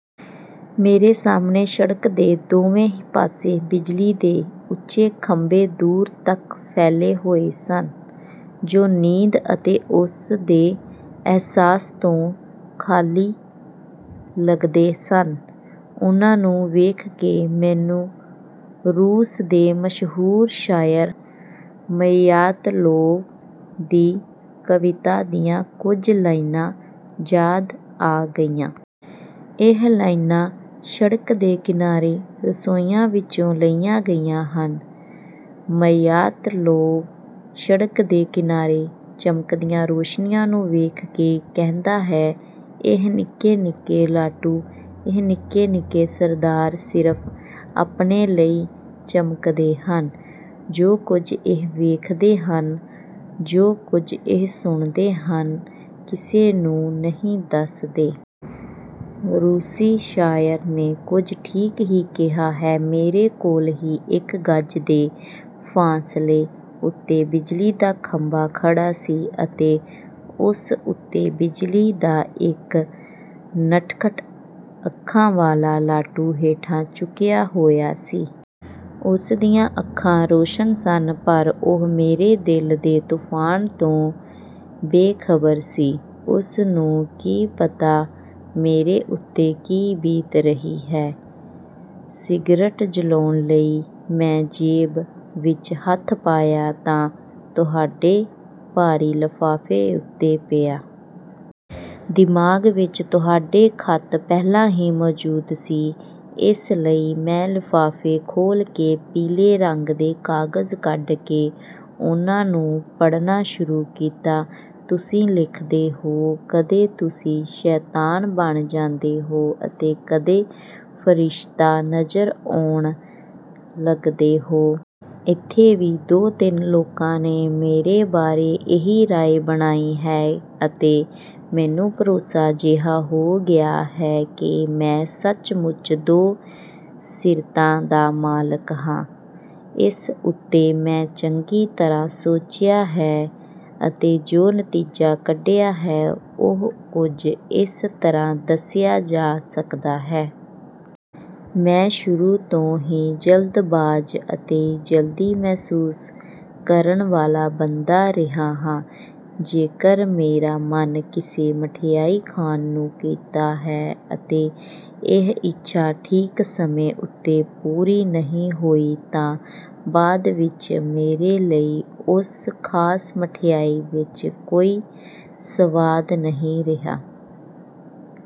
ਮੇਰੇ ਸਾਹਮਣੇ ਸੜਕ ਦੇ ਦੋਵੇਂ ਪਾਸੇ ਬਿਜਲੀ ਦੇ ਉੱਚੇ ਖੰਭੇ ਦੂਰ ਤੱਕ ਫੈਲੇ ਹੋਏ ਸਨ ਜੋ ਨੀਂਦ ਅਤੇ ਉਸਦੇ ਅਹਿਸਾਸ ਤੋਂ ਖਾਲੀ ਲੱਗਦੇ ਸਨ। ਉਨ੍ਹਾਂ ਨੂੰ ਵੇਖ ਕੇ ਮੈਨੂੰ ਰੂਸ ਦੇ ਮਸ਼ਹੂਰ ਸ਼ਾਇਰ ਮਯਾਤਲੋਵ ਦੀ ਕਵਿਤਾ ਦੀਆਂ ਕੁਝ ਲਾਈਨਾਂ ਯਾਦ ਆ ਗਈਆਂ। ਇਹ ਲਾਈਨਾਂ 'ਸੜਕ ਦੇ ਕਿਨਾਰੇ ਰੋਸ਼ਨੀਆਂ' ਵਿੱਚੋਂ ਲਈਆਂ ਗਈਆਂ ਹਨ। ਮਯਾਤਲੋਵ ਸੜਕ ਦੇ ਕਿਨਾਰੇ ਚਮਕਦੀਆਂ ਰੋਸ਼ਨੀਆਂ ਨੂੰ ਵੇਖ ਕੇ ਕਹਿੰਦਾ ਹੈ, ਇਹ ਨਿੱਕੇ-ਨਿੱਕੇ ਲਾਟੂ, ਇਹ ਨਿੱਕੇ-ਨਿੱਕੇ ਸਰਦਾਰ ਸਿਰਫ਼ ਆਪਣੇ ਲਈ ਚਮਕਦੇ ਹਨ। ਜੋ ਕੁਝ ਇਹ ਵੇਖਦੇ ਹਨ, ਜੋ ਕੁਝ ਇਹ ਸੁਣਦੇ ਹਨ ਕਿਸੇ ਨੂੰ ਨਹੀਂ ਦੱਸਦੇ। ਰੂਸੀ ਸ਼ਾਇਰ ਨੇ ਕੁਝ ਠੀਕ ਹੀ ਕਿਹਾ ਹੈ। ਮੇਰੇ ਕੋਲ ਹੀ ਇੱਕ ਗਜ਼ ਦੇ ਫਾਸਲੇ ਉੱਤੇ ਬਿਜਲੀ ਦਾ ਖੰਭਾ ਖੜ੍ਹਾ ਸੀ ਅਤੇ ਉਸ ਉੱਤੇ ਬਿਜਲੀ ਦਾ ਇੱਕ ਨਟਖਟ ਅੱਖਾਂ ਵਾਲਾ ਲਾਟੂ ਹੇਠਾਂ ਝੁਕਿਆ ਹੋਇਆ ਸੀ। ਉਸ ਦੀਆਂ ਅੱਖਾਂ ਰੌਸ਼ਨ ਸਨ ਪਰ ਉਹ ਮੇਰੇ ਦਿਲ ਦੇ ਤੂਫਾਨ ਤੋਂ ਬੇਖਬਰ ਸੀ। ਉਸਨੂੰ ਕੀ ਪਤਾ ਮੇਰੇ ਉੱਤੇ ਕੀ ਬੀਤ ਰਹੀ ਹੈ। ਸਿਗਰਟ ਜਲਾਉਣ ਲਈ ਮੈਂ ਜੇਬ ਵਿੱਚ ਹੱਥ ਪਾਇਆ ਤਾਂ ਤੁਹਾਡੇ ਭਾਰੀ ਲਿਫ਼ਾਫ਼ੇ ਉੱਤੇ ਪਿਆ। ਦਿਮਾਗ਼ ਵਿੱਚ ਤੁਹਾਡੇ ਖੱਤ ਪਹਿਲਾਂ ਹੀ ਮੌਜੂਦ ਸੀ। ਇਸ ਲਈ ਮੈਂ ਲਿਫ਼ਾਫੇ ਖੋਲ੍ਹ ਕੇ ਪੀਲੇ ਰੰਗ ਦੇ ਕਾਗ਼ਜ਼ ਕੱਢ ਕੇ ਉਨ੍ਹਾਂ ਨੂੰ ਪੜ੍ਹਨਾ ਸ਼ੁਰੂ ਕੀਤਾ। ਤੁਸੀਂ ਲਿਖਦੇ ਹੋ, "ਕਦੇ ਤੁਸੀਂ ਸ਼ੈਤਾਨ ਬਣ ਜਾਂਦੇ ਹੋ ਅਤੇ ਕਦੇ ਫਰਿਸ਼ਤਾ ਨਜ਼ਰ ਆਉਣ ਲੱਗਦੇ ਹੋ।" ਇੱਥੇ ਵੀ ਦੋ-ਤਿੰਨ ਲੋਕਾਂ ਨੇ ਮੇਰੇ ਬਾਰੇ ਇਹੀ ਰਾਏ ਬਣਾਈ ਹੈ ਅਤੇ ਮੈਨੂੰ ਭਰੋਸਾ ਜਿਹਾ ਹੋ ਗਿਆ ਹੈ ਕਿ ਮੈਂ ਸੱਚਮੁੱਚ ਦੋ ਸੀਰਤਾਂ ਦਾ ਮਾਲਿਕ ਹਾਂ। ਇਸ ਉੱਤੇ ਮੈਂ ਚੰਗੀ ਤਰ੍ਹਾਂ ਸੋਚਿਆ ਹੈ ਅਤੇ ਜੋ ਨਤੀਜਾ ਕੱਢਿਆ ਹੈ, ਉਹ ਕੁਝ ਇਸ ਤਰ੍ਹਾਂ ਦੱਸਿਆ ਜਾ ਸਕਦਾ ਹੈ। ਮੈਂ ਸ਼ੁਰੂ ਤੋਂ ਹੀ ਜਲਦਬਾਜ਼ ਅਤੇ ਜਲਦੀ ਮਹਿਸੂਸ ਕਰਨ ਵਾਲਾ ਬੰਦਾ ਰਿਹਾ ਹਾਂ। ਜੇਕਰ ਮੇਰਾ ਮਨ ਕਿਸੇ ਮਠਿਆਈ ਖਾਣ ਨੂੰ ਕੀਤਾ ਹੈ ਅਤੇ ਇਹ ਇੱਛਾ ਠੀਕ ਸਮੇਂ ਉੱਤੇ ਪੂਰੀ ਨਹੀਂ ਹੋਈ ਤਾਂ ਬਾਅਦ ਵਿੱਚ ਮੇਰੇ ਲਈ ਉਸ ਖ਼ਾਸ ਮਠਿਆਈ ਵਿੱਚ ਕੋਈ ਸਵਾਦ ਨਹੀਂ ਰਿਹਾ।